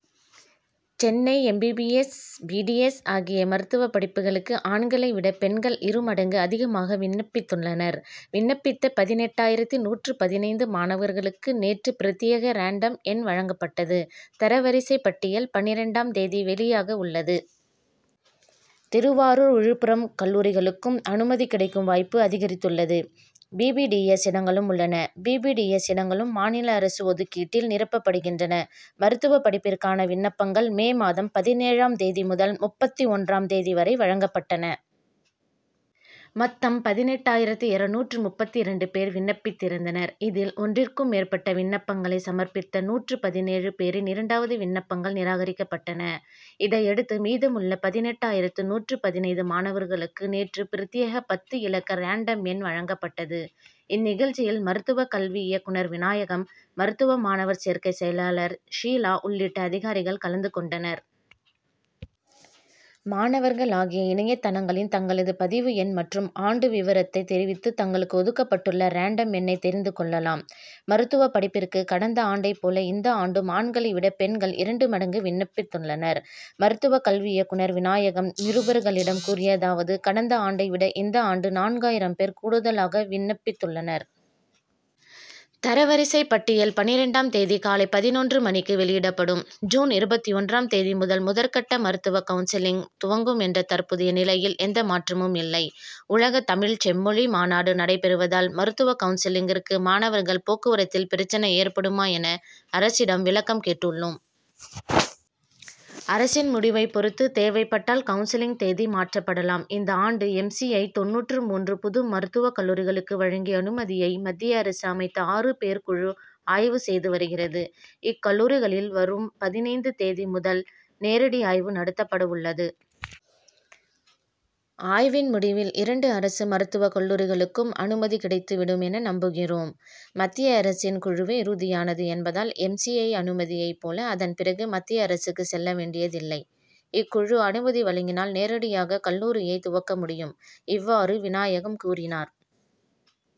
Chennai M. B. B. S. B. D. S. ஆகிய மருத்துவ படிப்புகளுக்கு ஆண்களை விட பெண்கள் இரு மடங்கு அதிகமாக விண்ணப்பித்துள்ளனர். விண்ணப்பித்த பதினெட்டாயிரத்து நூற்று பதினைந்து மாணவர்களுக்கு நேற்று பிரத்யேக ரேண்டம் எண் வழங்கப்பட்டது. தர வரிசைப்பட்டியல் பன்னிரண்டாம் தேதி வெளியாக உள்ளது. திருவாரூர் விழுப்புரம் கல்லூரிகளுக்கும் அனுமதி கிடைக்கும் வாய்ப்பு அதிகரித்துள்ளது. பி. பி. டி. எஸ். இடங்களும் உள்ளன. பி. பி. டி. எஸ். இடங்களும் மாநில அரசு ஒதுக்கீட்டில் நிரப்பப்படுகின்றன. மருத்துவப் படிப்பிற்கான விண்ணப்பங்கள் மே மாதம் பதினேழாம் தேதி முதல் முப்பத்தொன்றாம் தேதி வரை வழங்கப்பட்டன. மொத்தம் பதினெட்டாயிரத்து இருநூற்று முப்பத்திரண்டு பேர் விண்ணப்பித்திருந்தனர். இதில் ஒன்றிற்கும் மேற்பட்ட விண்ணப்பங்களை சமர்ப்பித்த நூற்று பதினேழு பேரின் இரண்டாவது விண்ணப்பங்கள் நிராகரிக்கப்பட்டன. இதையடுத்து மீதமுள்ள பதினெட்டாயிரத்து நூற்று பதினைந்து மாணவர்களுக்கு நேற்று பிரத்யேக பத்து இலக்க ரேண்டம் எண் வழங்கப்பட்டது. இந்நிகழ்ச்சியில் மருத்துவக் கல்வி இயக்குனர் விநாயகம் மருத்துவ மாணவர் சேர்க்கை செயலர் ஷீலா உள்ளிட்ட அதிகாரிகள் கலந்து கொண்டனர். மாணவர்கள் ஆகிய இணையதளங்களில் தங்களது பதிவு எண் மற்றும் ஆண்டு விவரத்தை தெரிவித்து தங்களுக்கு ஒதுக்கப்பட்டுள்ள ரேண்டம் எண்ணை தெரிந்து கொள்ளலாம். மருத்துவப் படிப்பிற்கு கடந்த ஆண்டைப் போல இந்த ஆண்டும் ஆண்களை விட பெண்கள் இரண்டு மடங்கு விண்ணப்பித்துள்ளனர். மருத்துவக் கல்வி இயக்குனர் விநாயகம் நிருபர்களிடம் கூறியதாவது கடந்த ஆண்டை விட இந்த ஆண்டு நான்காயிரம் பேர் கூடுதலாக விண்ணப்பித்துள்ளனர். தரவரிசைப் பட்டியல் பன்னிரண்டாம் தேதி காலை பதினொன்று மணிக்கு வெளியிடப்படும். ஜூன் இருபத்தொன்றாம் தேதி முதல் முதற்கட்ட மருத்துவக் கவுன்சிலிங் துவங்கும் என்ற தற்போதைய நிலையில் எந்த மாற்றமும் இல்லை. உலகத் தமிழ்ச் செம்மொழி மாநாடு நடைபெறுவதால் மருத்துவக் கவுன்சிலிங்கிற்கு மாணவர்கள் போக்குவரத்தில் பிரச்னை ஏற்படுமா என அரசிடம் விளக்கம் கேட்டுள்ளோம். அரசின் முடிவைப் பொறுத்து தேவைப்பட்டால் கவுன்சிலிங் தேதி மாற்றப்படலாம். இந்த ஆண்டு எம். சி. ஐ. தொண்ணூற்று மூன்று புது மருத்துவக் கல்லூரிகளுக்கு வழங்கிய அனுமதியை மத்திய அரசு அமைத்த ஆறு பேர் குழு ஆய்வு செய்து வருகிறது. இக்கல்லூரிகளில் வரும் பதினைந்து தேதி முதல் நேரடி ஆய்வு நடத்தப்படவுள்ளது. ஆய்வின் முடிவில் இரண்டு அரசு மருத்துவக் கல்லூரிகளுக்கும் அனுமதி கிடைத்து விடும் என நம்புகிறோம். மத்திய அரசின் குழுவே இறுதியானது என்பதால் எம். சி. ஐ. அனுமதியைப் போல அதன்பிறகு மத்திய அரசுக்கு செல்ல வேண்டியதில்லை. இக்குழு அனுமதி வழங்கினால் நேரடியாக கல்லூரியை துவக்க முடியும். இவ்வாறு விநாயகம் கூறினார்.